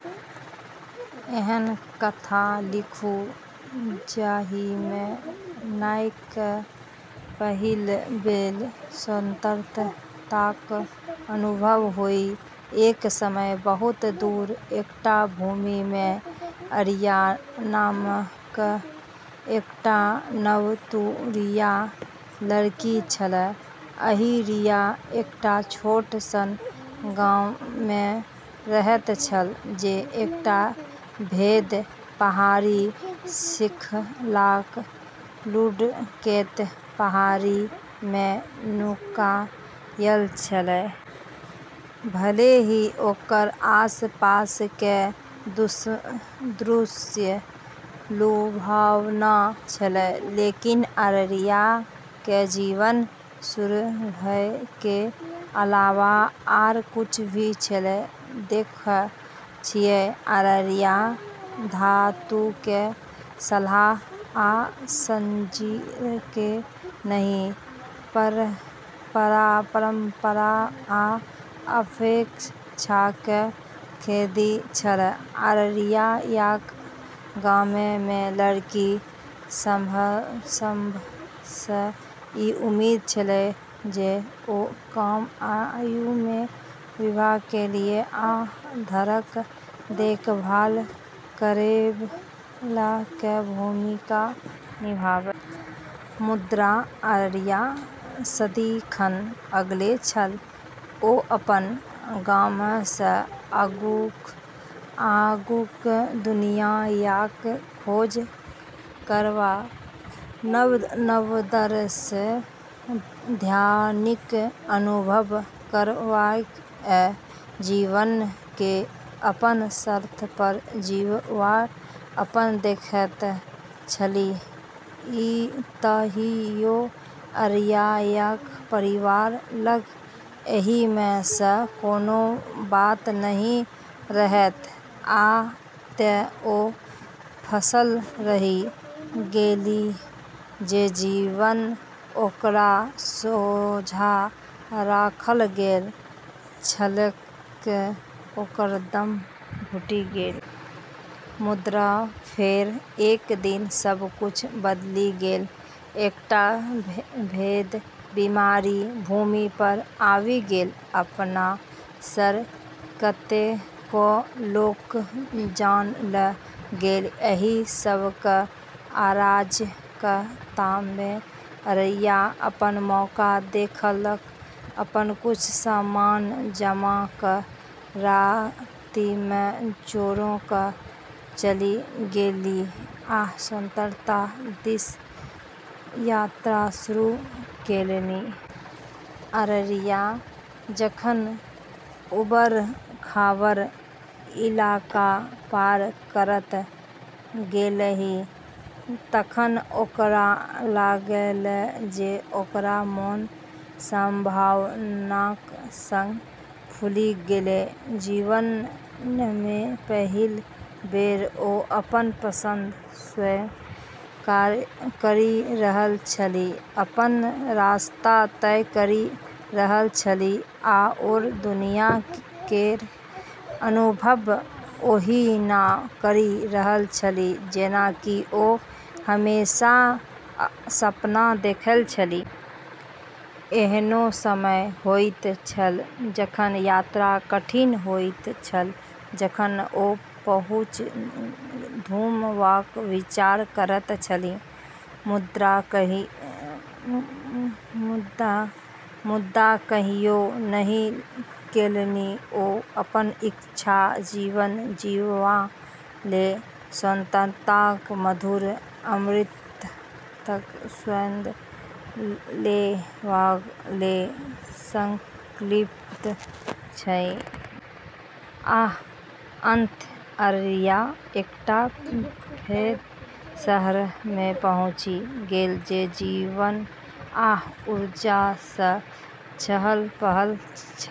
एहन कथा लिखु जाहिमे नायककेँ पहिल बेर स्वतंत्रताक अनुभव होइ, एक समय बहुत दूर एकटा भूमिमे आरिया नामक एकटा नवतुरिया लड़की छल। आरिया एकटा छोट सन गाममे रहैत छल, जे एकटा पैघ पहाड़ी श्रृंखलाक लुढ़कैत पहाड़ीमे नुकायल छल। भले ही ओकर आसपासके दृश्य लुभावना छलै, लेकिन आरियाके जीवन सुरम्यके अलावा आर किछ भी छलै। देखै छियै, आरिया धातुके सलाख आ जंजीरके नहि, परंपरा आ अपेक्षाके कैदी छल। आरियाक गाममे लड़की सभसँ ई उम्मीद छलै जे ओ कम आयुमे विवाह क' लिए आ घरक देखभाल करैबलाकेँ भूमिका निभाबै । मुदा आरिया सदिखन अलगे छल; ओ अपन गामसँ आगूक दुनियाँक खोज करबाक, नव-नव दृश्य-ध्वनिक अनुभव करबाक, आ जीवनकेँ अपन शर्त पर जीबाक सपना देखैत छलीह तइयो आरियाक परिवार लग एहिमे सँ कोनो बात नहि रहैत, आ तें ओ फँसल रहि गेलीह, जे जीवन ओकरा सोझाँ राखल गेल छलैक, ओकर दम घुटि गेल। मुदा फेर, एक दिन, सब किछ बदलि गेल। एकटा पैघ बीमारी भूमि पर आबि गेल, अपना सङ्ग कतेको लोकक जान ल' गेल। एहि सबहक अराजकतामे आरिया अपन मौका देखलक। अपन किछ सामान जमा क' रातिमे चोरा क' चलि गेलीह आ स्वतंत्रता दिस यात्रा शुरू केलनि। आरिया जखन उबड़-खाबड़ इलाका पार करैत गेलीह तखन ओकरा लागलै जे ओकर मोन संभावनाक संग फूलि गेलै। जीवनमे पहिल बेर ओ अपन पसंद स्वयं करि रहल छली, अपन रस्ता तय करि रहल छली, आओर दुनिया केर अनुभव ओहिना करि रहल छली, जेना कि ओ हमेशासँ सपना देखने छली। एहनो समय होइत छल जखन यात्रा कठिन होइत छल, जखन ओ पाछू घुमबाक विचार करैत छलीह, मुदा कहियो नहि केलनि। ओ अपन इच्छाक जीवन जीबाक लेल, स्वतंत्रताक मधुर अमृतक स्वाद लेबाक लेल संकल्पित छलीह। आ, अंततः, आरिया एकटा पैघ शहरमे पहुँचि गेल, जे जीवन आ ऊर्जासँ चहल-पहल छल।